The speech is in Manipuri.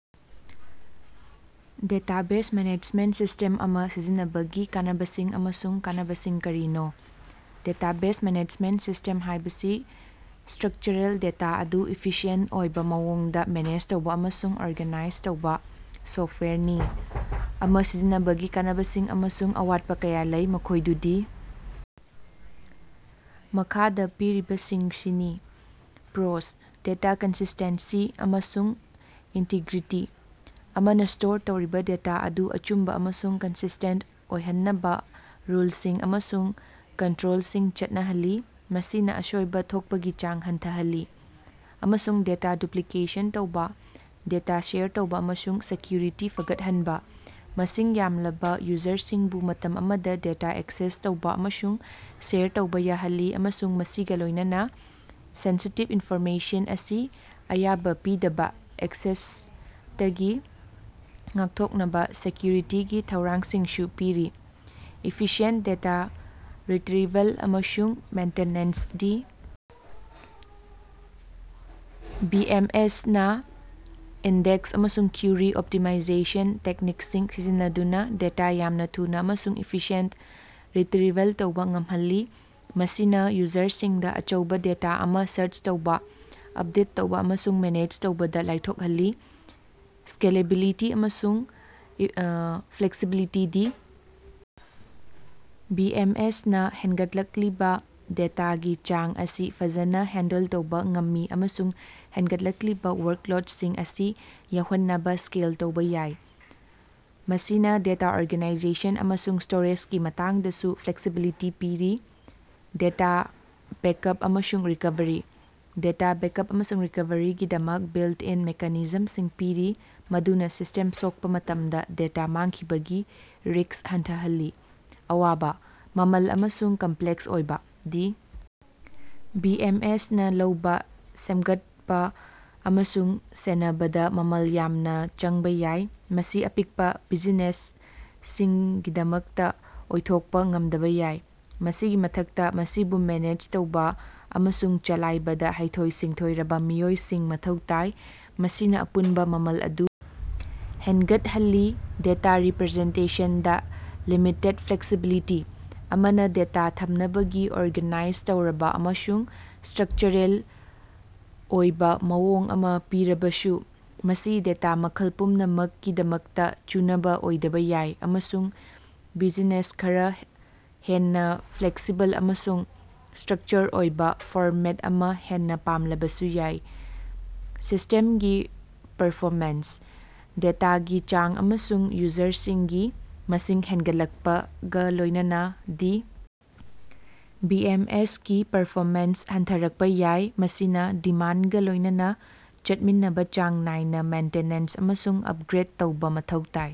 ꯗꯦꯇꯥꯕꯦꯖ ꯃꯦꯅꯦꯖꯃꯦꯟꯇ ꯁꯤꯁ꯭ꯇꯦꯝ ꯑꯃꯥ ꯁꯤꯖꯤꯟꯅꯕꯒꯤ ꯀꯥꯟꯅꯕꯁꯤꯡ ꯑꯃꯁꯨꯡ ꯀꯥꯟꯅꯕꯁꯤꯡ ꯀꯔꯤꯅꯣ? ꯗꯦꯇꯥꯕꯦꯖ ꯃꯦꯅꯦꯖꯃꯦꯟꯇ ꯁꯤꯁ꯭ꯇꯦꯝ ꯍꯥꯏꯕꯁꯤ ꯏꯁ꯭ꯇꯔꯛꯆꯔꯦꯜ ꯗꯦꯇꯥ ꯑꯗꯨ ꯏꯐꯤꯁꯤꯑꯦꯟꯇ ꯑꯣꯏꯕꯥ ꯃꯑꯣꯡꯗꯥ ꯃꯦꯅꯦꯖ ꯇꯧꯕꯥ ꯑꯃꯁꯨꯡ ꯑꯣꯔꯒꯥꯅꯥꯏꯖ ꯇꯧꯕꯥ ꯁꯣꯐꯇꯋꯥꯌꯔꯅꯤ꯫ ꯑꯃꯥ ꯁꯤꯖꯤꯟꯅꯕꯒꯤ ꯀꯥꯟꯅꯕꯁꯤꯡ ꯑꯃꯁꯨꯡ ꯑꯋꯥꯠꯄꯥ ꯀꯌꯥ ꯂꯩ, ꯃꯈꯣꯏꯗꯨꯗꯤ ꯃꯈꯥꯗꯥ ꯄꯤꯔꯤꯕꯁꯤꯡꯁꯤꯅꯤ: ꯄ꯭ꯔꯣꯁ: ꯗꯦꯇꯥ ꯀꯟꯁꯤꯁ꯭ꯇꯦꯟꯁꯤ ꯑꯃꯁꯨꯡ ꯏꯟꯇꯤꯒ꯭ꯔꯤꯇꯤ: ꯑꯃꯅꯥ ꯁ꯭ꯇꯣꯔ ꯇꯧꯔꯤꯕꯥ ꯗꯦꯇꯥ ꯑꯗꯨ ꯑꯆꯨꯝꯕꯥ ꯑꯃꯁꯨꯡ ꯀꯟꯁꯤꯁ꯭ꯇꯦꯟꯇ ꯑꯣꯏꯍꯟꯅꯕꯥ ꯔꯨꯜꯁꯤꯡ ꯑꯃꯁꯨꯡ ꯀꯟꯇꯔꯣꯜꯁꯤꯡ ꯆꯠꯅꯍꯜꯂꯤ, ꯃꯁꯤꯅꯥ ꯑꯁꯣꯏꯕꯥ ꯊꯣꯛꯄꯒꯤ ꯆꯥꯡ ꯍꯟꯊꯍꯜꯂꯤ꯫ ꯑꯃꯁꯨꯡ ꯗꯦꯇꯥ ꯗꯨꯞꯂꯤꯀꯦꯁꯟ ꯇꯧꯕꯥ꯫ ꯗꯦꯇꯥ ꯁꯦꯌꯔ ꯇꯧꯕꯥ ꯑꯃꯁꯨꯡ ꯁꯦꯛꯀ꯭ꯌꯨꯔꯤꯇꯤ ꯐꯒꯠꯍꯟꯕꯥ: ꯃꯁꯤꯡ ꯌꯥꯝꯂꯕꯥ ꯌꯨꯖꯔꯁꯤꯡꯕꯨ ꯃꯇꯝ ꯑꯃꯗꯥ ꯗꯦꯇꯥ ꯑꯦꯛꯁꯦꯁ ꯇꯧꯕꯥ ꯑꯃꯁꯨꯡ ꯁꯦꯌꯔ ꯇꯧꯕꯥ ꯌꯥꯍꯜꯂꯤ ꯑꯃꯁꯨꯡ ꯃꯁꯤꯒꯥ ꯂꯣꯏꯅꯅꯥ ꯁꯦꯟꯁꯤꯇꯤꯕ ꯏꯟꯐꯣꯔꯃꯦꯁꯟ ꯑꯁꯤ ꯑꯌꯥꯕꯥ ꯄꯤꯗꯕꯥ ꯑꯦꯛꯁꯦꯁꯇꯒꯤ ꯉꯥꯛꯊꯣꯛꯅꯕꯥ ꯁꯦꯛꯀ꯭ꯌꯨꯔꯤꯇꯤꯒꯤ ꯊꯧꯔꯥꯡꯁꯤꯡꯁꯨ ꯄꯤꯔꯤ꯫ ꯏꯐꯤꯁꯤꯌꯦꯟꯇ ꯗꯦꯇꯥ ꯔꯤꯇꯔꯤꯚꯦꯜ ꯑꯃꯁꯨꯡ maintenance: D. B. M. S. ꯅꯥ ꯏꯟꯗꯦꯛꯁ ꯑꯃꯁꯨꯡ ꯀ꯭ꯌꯨꯔꯤ ꯑꯣꯞꯇꯤꯃꯥꯏꯖꯦꯁꯟ ꯇꯦꯛꯅꯤꯛꯁꯤꯡ ꯁꯤꯖꯤꯟꯅꯗꯨꯅꯥ ꯗꯦꯇꯥ ꯌꯥꯝꯅꯥ ꯊꯨꯅꯥ ꯑꯃꯁꯨꯡ ꯏꯐꯤꯁꯤꯌꯦꯟꯇ ꯔꯤꯇꯔꯤꯚꯦꯜ ꯇꯧꯕꯥ ꯉꯝꯍꯜꯂꯤ꯫ ꯃꯁꯤꯅꯥ ꯌꯨꯖꯔꯁꯤꯡꯗꯥ ꯑꯆꯧꯕꯥ ꯗꯦꯇꯥ ꯑꯃꯥ ꯁꯥꯔꯆ ꯇꯧꯕꯥ, ꯑꯄꯗꯦꯠ ꯇꯧꯕꯥ ꯑꯃꯁꯨꯡ ꯃꯦꯅꯦꯖ ꯇꯧꯕꯗꯥ ꯂꯥꯏꯊꯣꯛꯍꯜꯂꯤ꯫ ꯁ꯭ꯀꯦꯂꯦꯕꯤꯂꯤꯇꯤ ꯑꯃꯁꯨꯡ flexibility: D. B. M. S. ꯅꯥ ꯍꯦꯟꯒꯠꯂꯛꯂꯤꯕꯥ ꯗꯦꯇꯥꯒꯤ ꯆꯥꯡ ꯑꯁꯤ ꯐꯖꯅꯥ ꯍꯦꯟꯗꯜ ꯇꯧꯕꯥ ꯉꯝꯃꯤ ꯑꯃꯁꯨꯡ ꯍꯦꯟꯒꯠꯂꯛꯂꯤꯕꯥ ꯋꯥꯔꯛꯂꯣꯠꯁꯤꯡ ꯑꯁꯤ ꯌꯥꯎꯍꯟꯅꯕꯥ ꯁ꯭ꯀꯦꯜ ꯇꯧꯕꯥ ꯌꯥꯏ꯫ ꯃꯁꯤꯅꯥ ꯗꯦꯇꯥ ꯑꯣꯔꯒꯅꯥꯏꯖꯦꯁꯟ ꯑꯃꯁꯨꯡ ꯁ꯭ꯇꯣꯔꯦꯖꯒꯤ ꯃꯇꯥꯡꯗꯁꯨ ꯐ꯭ꯂꯦꯛꯁꯤꯕꯤꯂꯤꯇꯤ ꯄꯤꯔꯤ꯫ ꯗꯦꯇꯥ ꯕꯦꯀꯑꯞ ꯑꯃꯁꯨꯡ ꯔꯤꯀꯣꯚꯔꯤ: ꯗꯦꯇꯥ ꯕꯦꯀꯑꯞ ꯑꯃꯁꯨꯡ ꯔꯤꯀꯣꯚꯔꯤꯒꯤꯗꯃꯛ ꯕꯤꯜꯇ-ꯏꯟ ꯃꯦꯀꯥꯅꯤꯖꯝꯁꯤꯡ ꯄꯤꯔꯤ, ꯃꯗꯨꯅꯥ ꯁꯤꯁ꯭ꯇꯦꯝ ꯁꯣꯀꯄꯥ ꯃꯇꯝꯗꯥ ꯗꯦꯇꯥ ꯃꯥꯡꯈꯤꯕꯒꯤ ꯔꯤꯁ꯭ꯛ ꯍꯟꯊꯍꯜꯂꯤ꯫ ꯑꯋꯥꯕꯥ: ꯃꯃꯜ ꯑꯃꯁꯨꯡ ꯀꯝꯞꯂꯦꯛꯁ ꯑꯣꯏꯕꯥ: ꯗꯤ. ꯕꯤ. ꯑꯦꯝ. ꯑꯦꯁ. ꯅꯥ ꯂꯧꯕꯥ, ꯁꯦꯃꯒꯠꯄꯥ ꯑꯃꯁꯨꯡ ꯁꯦꯟꯅꯕꯗꯥ ꯃꯃꯜ ꯌꯥꯝꯅꯥ ꯆꯪꯕꯥ ꯌꯥꯏ, ꯃꯁꯤ ꯑꯄꯤꯛꯄꯥ ꯕꯤꯖꯤꯅꯦꯁꯁꯤꯡꯒꯤꯗꯃꯛꯇꯥ ꯑꯣꯏꯊꯣꯛꯄꯥ ꯉꯝꯗꯕꯥ ꯌꯥꯏ꯫ ꯃꯁꯤꯒꯤ ꯃꯊꯛꯇꯥ, ꯃꯁꯤꯕꯨ ꯃꯦꯅꯦꯖ ꯇꯧꯕꯥ ꯑꯃꯁꯨꯡ ꯆꯂꯥꯏꯕꯗꯥ ꯍꯩꯊꯣꯏ-ꯁꯤꯡꯊꯣꯏꯔꯕꯥ ꯃꯤꯑꯣꯏꯁꯤꯡ ꯃꯊꯧ ꯇꯥꯏ, ꯃꯁꯤꯅꯥ ꯑꯄꯨꯟꯕꯥ ꯃꯃꯜ ꯑꯗꯨ ꯍꯦꯟꯒꯠꯍꯜꯂꯤ꯫ ꯗꯦꯇꯥ ꯔꯤꯞꯔꯖꯦꯟꯇꯦꯁꯟꯗꯥ ꯂꯤꯃꯤꯇꯦꯗ ꯐ꯭ꯂꯦꯛꯁꯤꯕꯤꯂꯤꯇꯤ: ꯑꯃꯅꯥ ꯗꯦꯇꯥ ꯊꯝꯅꯕꯒꯤ ꯑꯣꯔꯒꯥꯅꯥꯏꯖ ꯇꯧꯔꯕꯥ ꯑꯃꯁꯨꯡ ꯏꯁ꯭ꯇꯔꯛꯆꯔꯦꯜ ꯑꯣꯏꯕꯥ ꯃꯑꯣꯡ ꯑꯃꯥ ꯄꯤꯔꯕꯁꯨ, ꯃꯁꯤ ꯗꯦꯇꯥ ꯃꯈꯜ ꯄꯨꯝꯅꯃꯛꯀꯤꯗꯃꯛꯇꯥ ꯆꯨꯅꯕꯥ ꯑꯣꯏꯗꯕꯥ ꯌꯥꯏ, ꯑꯃꯁꯨꯡ ꯕꯤꯖꯤꯅꯦꯁ ꯈꯔ ꯍꯦꯟꯅꯥ ꯐ꯭ꯂꯦꯛꯁꯤꯕꯜ ꯑꯃꯁꯨꯡ ꯏꯁ꯭ꯇꯔꯛꯆꯔ ꯑꯣꯏꯕꯥ ꯐꯣꯔꯃꯦꯠ ꯑꯃꯥ ꯍꯦꯟꯅꯥ ꯄꯥꯝꯂꯕꯁꯨ ꯌꯥꯏ꯫ ꯁꯤꯁ꯭ꯇꯦꯝꯒꯤ ꯄꯔꯐꯣꯃꯦꯟꯁ: ꯗꯦꯇꯥꯒꯤ ꯆꯥꯡ ꯑꯃꯁꯨꯡ ꯌꯨꯖꯔꯁꯤꯡꯒꯤ ꯃꯁꯤꯡ ꯍꯦꯟꯒꯠꯂꯛꯄꯒꯥ ꯂꯣꯏꯅꯅꯥ ꯗꯤ. B M. ꯑꯦꯁ. ꯀꯤ ꯄꯔꯐꯣꯃꯦꯟꯁ ꯍꯟꯊꯔꯛꯄꯥ ꯌꯥꯏ, ꯃꯁꯤꯅꯥ ꯗꯤꯃꯥꯟꯗꯒꯥ ꯂꯣꯏꯅꯅꯥ ꯆꯠꯃꯤꯟꯅꯕꯥ ꯆꯥꯡ ꯅꯥꯏꯅꯥ ꯃꯦꯟꯇꯤꯅꯦꯟꯁ ꯑꯃꯁꯨꯡ ꯑꯄꯒ꯭ꯔꯦꯗ ꯇꯧꯕꯥ ꯃꯊꯧ ꯇꯥꯏ꯫